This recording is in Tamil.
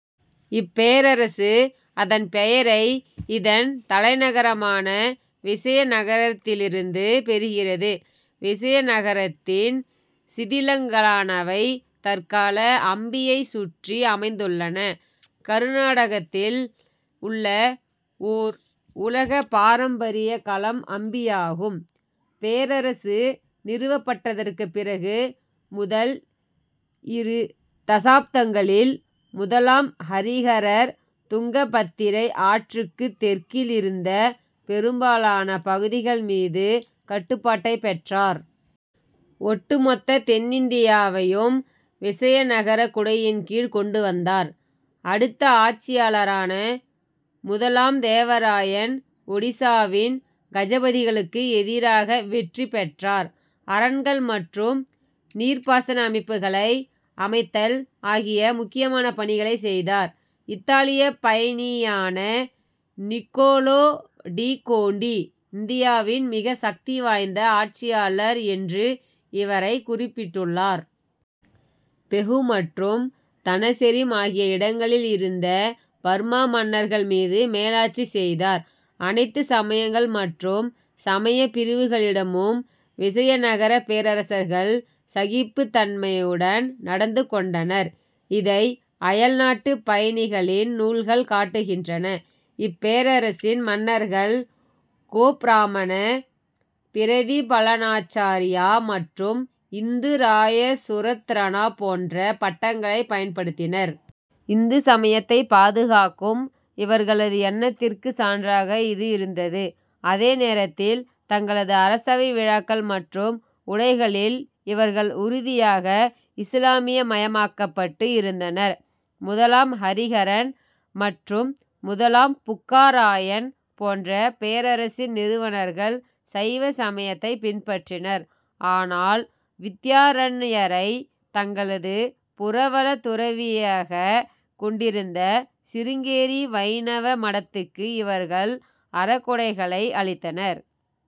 இப்பேரரசு அதன் பெயரை இதன் தலைநகரமான விசயநகரத்திலிருந்து பெறுகிறது. விசயநகரத்தின் சிதிலங்களானவை தற்கால அம்பியைச் சுற்றி அமைந்துள்ளன. கருநாடகத்தில் உள்ள ஓர் உலகப் பாரம்பரியக் களம் அம்பியாகும். பேரரசு நிறுவப்பட்டதற்குப் பிறகு முதல் இரு தசாப்தங்களில் முதலாம் ஹரிஹரர் துங்கபத்திரை ஆற்றுக்குத் தெற்கில் இருந்த பெரும்பாலான பகுதிகள் மீது கட்டுப்பாட்டைப் பெற்றார். ஒட்டு மொத்த தென்னிந்தியாவையும் விசயநகரக் குடையின் கீழ் கொண்டு வந்தார். அடுத்த ஆட்சியாளரான முதலாம் தேவ ராயன் ஒடிசாவின் கஜபதிகளுக்கு எதிராக வெற்றி பெற்றார். அரண்கள் மற்றும் நீர்ப்பாசன அமைப்புகளை அமைத்தல் ஆகிய முக்கியமான பணிகளைச் செய்தார். இத்தாலியப் பயணியான நிக்கோலோ டி கோண்டி இந்தியாவின் மிக சக்தி வாய்ந்த ஆட்சியாளர் என்று இவரைக் குறிப்பிட்டுள்ளார். பெகு மற்றும் தனசெரிம் ஆகிய இடங்களில் இருந்த பர்மா மன்னர்கள் மீது மேலாட்சி செய்தார். அனைத்து சமயங்கள் மற்றும் சமயப் பிரிவுகளிடமும் விசயநகரப் பேரரசர்கள் சகிப்புத் தன்மையுடன் நடந்து கொண்டனர். இதை அயல்நாட்டுப் பயணிகளின் நூல்கள் காட்டுகின்றன. இப்பேரரசின் மன்னர்கள் கோப்ராமண பிரதிபலனாச்சார்யா மற்றும் இந்துராயசுரத்ரனா போன்ற பட்டங்களைப் பயன்படுத்தினர். இந்து சமயத்தைப் பாதுகாக்கும் இவர்களது எண்ணத்திற்கு சான்றாக இது இருந்தது. அதே நேரத்தில், தங்களது அரசவை விழாக்கள் மற்றும் உடைகளில் இவர்கள் உறுதியாக இசுலாமியமயமாக்கப்பட்டு இருந்தனர். முதலாம் ஹரிஹரன் மற்றும் முதலாம் புக்கா ராயன் போன்ற பேரரசின் நிறுவனர்கள் சைவ சமயத்தைப் பின்பற்றினர். ஆனால், வித்யாரண்யரைத் தங்களது புரவலத் துறவியாகக் கொண்டிருந்த சிருங்கேரி வைணவ மடத்துக்கு இவர்கள் அறக்கொடைகளை அளித்தனர்.